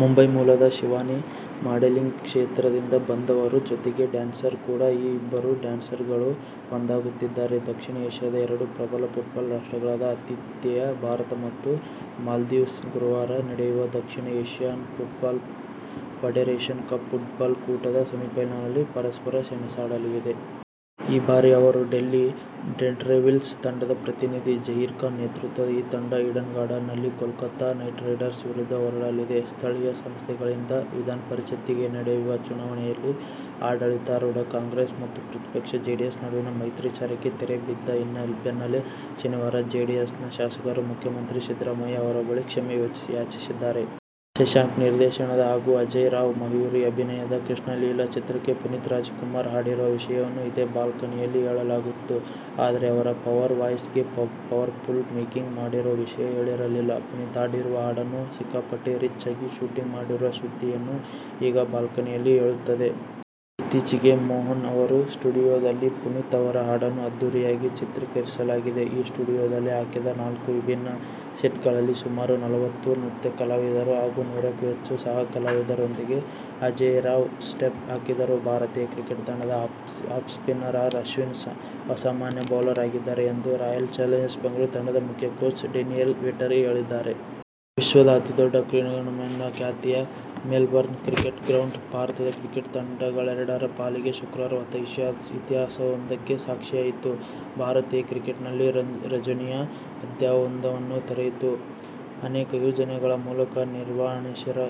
ಮುಂಬೈ ಮೂಲದ ಶಿವಾನಿ ಮಾಡೆಲಿಂಗ್ ಕ್ಷೇತ್ರದಿಂದ ಬಂದವರು. ಜೊತೆಗೆ ಡ್ಯಾನ್ಸರ್ ಕೂಡಾ. ಈಗ ಇಬ್ಬರು ಡ್ಯಾನ್ಸರ್ಗಳು ಒಂದಾಗುತ್ತಿದ್ದಾರೆ. ದಕ್ಷಿಣ ಏಶ್ಯದ ಎರಡು ಪ್ರಬಲ ಫುಟ್ಬಾಲ್ ರಾಷ್ಟ್ರಗಳಾದ ಆತಿ ಥೇಯ ಭಾರತ ಮತ್ತು ಮಾಲ್ದೀವ್ಸ್ ಗುರುವಾರ ನಡೆಯುವ ದಕ್ಷಿಣ Asian Football Federation Cup football ಕೂಟದ ಸೆಮಿಫೈನಲ್ನಲ್ಲಿ ಪರಸ್ಪರ ಸೆಣಸಾಡಲಿದೆ. ಈ ಬಾರಿ ಅವರು ಡೆಲ್ಲಿ ಡೇರ್ಡೆವಿಲ್ಸ್ ತಂಡದ ಪ್ರತಿನಿಧಿ. ಜಹೀರ್ ಖಾನ್ ನೇತೃತ್ವದ ಈ ತಂಡ "ಈಡನ್ ಗಾರ್ಡನ್ಸ್'ನಲ್ಲಿ ಕೋಲ್ಕತಾ ನೈಟ್ರೈಡರ್ ವಿರುದ್ಧ ಹೋರಾಡಲಿದೆ. ಸ್ಥಳೀಯ ಸಂಸ್ಥೆಗಳಿಂದ ವಿಧಾನಪರಿಷತ್ತಿಗೆ ನಡೆಯುವ ಚುನಾವಣೆಯಲ್ಲಿ ಆಡಳಿತಾರೂಢ ಕಾಂಗ್ರೆಸ್ ಮತ್ತು ಪ್ರತಿಪಕ್ಷ ಜೆಡಿಎಸ್ ನಡುವಿನ ಮೈತ್ರಿ ವಿಚಾರಕ್ಕೆ ತೆರೆ ಬಿದ್ದ ಬೆನ್ನಲ್ಲೇ ಶನಿವಾರ ಜೆಡಿಎಸ್ನ ಶಾಸಕರು ಮುಖ್ಯಮಂತ್ರಿ ಸಿದ್ದರಾಮಯ್ಯ ಅವರು ಬಳಿ ಕ್ಷಮೆ ಯಾಚಿಸಿದ್ದಾರೆ. ಶಶಾಂಕ್ ನಿರ್ದೇಶನದ ಹಾಗು ಅಜೇಯ್ ರಾವ್, ಮಯೂರಿ ಅಭಿನಯದ "ಕೃಷ್ಣಲೀಲ' ಚಿತ್ರಕ್ಕೆ ಪುನೀತ್ ರಾಜ್ಕುಮಾರ್ ಹಾಡಿರುವ ವಿಷಯವನ್ನು ಇದೇ ಬಾಲ್ಕನಿಯಲ್ಲಿ ಹೇಳಲಾಗಿತ್ತು. ಆದರೆ, ಅವರ "ಪವರ್ ವಾಯ್ಸ'ಗೆ ಪವರ್ಫುಲ್ ಮೇಕಿಂಗ್ ಮಾಡಿರೋ ವಿಷಯ ಹೇಳಿರಲಿಲ್ಲ. ಪುನೀತ್ ಹಾಡಿರುವ ಹಾಡನ್ನು ಸಿಕ್ಕಾಪಟ್ಟೆ ರಿಚ್ ಆಗಿ ಶೂಟಿಂಗ್ ಮಾಡಿರುವ ಸುದ್ದಿಯನ್ನು ಇದೀಗ ಬಾಲ್ಕನಿಯಲ್ಲಿ ಹೇಳುತ್ತಿದ್ದೇವೆ. ಇತ್ತೀಚೆಗೆ ಮೋಹನ್ ಅವರ ಸ್ಟುಡಿಯೋದಲ್ಲಿ ಪುನೀತ್ ಅವರ ಹಾಡನ್ನು ಅದ್ಧೂರಿಯಾಗಿ ಚಿತ್ರೀಕರಿಸಲಾಗಿದೆ. ಆ ಸ್ಟುಡಿಯೋದಲ್ಲಿ ಹಾಕಿದ್ದ ನಾಲ್ಕು ವಿಭಿನ್ನ ಸೆಟ್ಗಳಲ್ಲಿ ಸುಮಾರು ನಲವತ್ತು ನೃತ್ಯ ಕಲಾವಿದರು ಹಾಗು ನೂರಕ್ಕು ಹೆಚ್ಚು ಸಹಕಲಾವಿದರೊಂದಿಗೆ ಅಜೇಯ್ರಾವ್ ಸ್ಟೆಪ್ ಹಾಕಿದರು. ಭಾರತೀಯ ಕ್ರಿಕೆಟ್ ತಂಡದ ಆಫ್ ಸ್ಪಿನ್ನರ್ ಆರ್. ಅಶ್ವಿನ್ ಅಸಾಮಾನ್ಯ ಬೌಲರ್ ಆಗಿದ್ದಾರೆ ಎಂದು ರಾಯಲ್ ಚಾಲೆಂಜರ್ ಬೆಂಗಳೂರ್ ತಂಡದ ಮುಖ್ಯ ಕೋಚ್ ಡೇನಿಯಲ್ ವೆಟರಿ ಹೇಳಿದ್ದಾರೆ. ವಿಶ್ವದ ಅತಿ ದೊಡ್ಡ ಕ್ರೀಡಾಂಗಣವೆಂಬ ಖ್ಯಾತಿಯ "ಮೆಲ್ಬರ್ನ್ ಕ್ರಿಕೆಟ್ ಗ್ರೌಂಡ್' ಭಾರತದ ಕ್ರಿಕೆಟ್ ತಂಡಗಳೆಡರ ಪಾಲಿಗೆ ಶುಕ್ರವಾರ ಹೊಸ ಇತಿಹಾಸವೊಂದಕ್ಕೆ ಸಾಕ್ಷಿಯಾಯಿತು. ಭಾರತೀಯ ಕ್ರಿಕೆಟ್ನಲ್ಲಿ ರಂಜನೀಯ ಅಧ್ಯಾಯವೊಂದನ್ನು ತೆರೆಯಿತು. ಅನೇಕ ಯೋಜನೆಗಳ ಮೂಲಕ ನಿರ್ವಾಣೇಶ್ವರ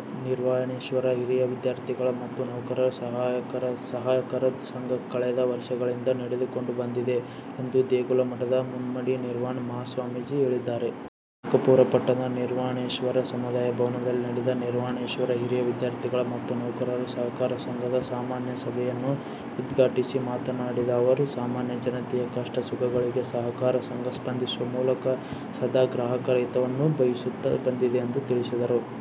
ಹಿರಿಯ ವಿದ್ಯಾರ್ಥಿಗಳ ಮತ್ತು ನೌಕರರ ಸಹಕಾರ ಸಂಘ ಕಳೆದ ವರ್ಷಗಳಿಂದ ನಡೆದುಕೊಂಡು ಬಂದಿದೆ ಎಂದು ದೇಗುಲ ಮಠದ ಮುಮ್ಮಡಿ ನಿರ್ವಾಣ ಮಹಾಸ್ವಾಮೀಜಿ ಹೇಳಿದ್ದಾರೆ. ಕನಕಪುರ ಪಟ್ಟಣದ ನಿರ್ವಾಣೇಶ್ವರ ಸಮುದಾಯ ಭವನದಲ್ಲಿ ನಡೆದ ನಿರ್ವಾಣೇಶ್ವರ ಹಿರಿಯ ವಿದ್ಯಾರ್ಥಿಗಳ ಮತ್ತು ನೌಕರರ ಸಹಕಾರ ಸಂಘದ ಸಾಮಾನ್ಯ ಸಭೆಯನ್ನು ಉದ್ಘಾಟಿಸಿ ಮಾತನಾಡಿದ ಅವರು, ಸಾಮಾನ್ಯ ಜನತೆಯ ಕಷ್ಟ ಸುಖಗಳಿಗೆ ಸಹಕಾರ ಸಂಘ ಸ್ಪಂದಿಸುವ ಮೂಲಕ ಸದಾ ಗ್ರಾಹಕರ ಹಿತವನ್ನು ಬಯಸುತ್ತಾ ಬಂದಿದೆ ಎಂದು ತಿಳಿಸಿದರು.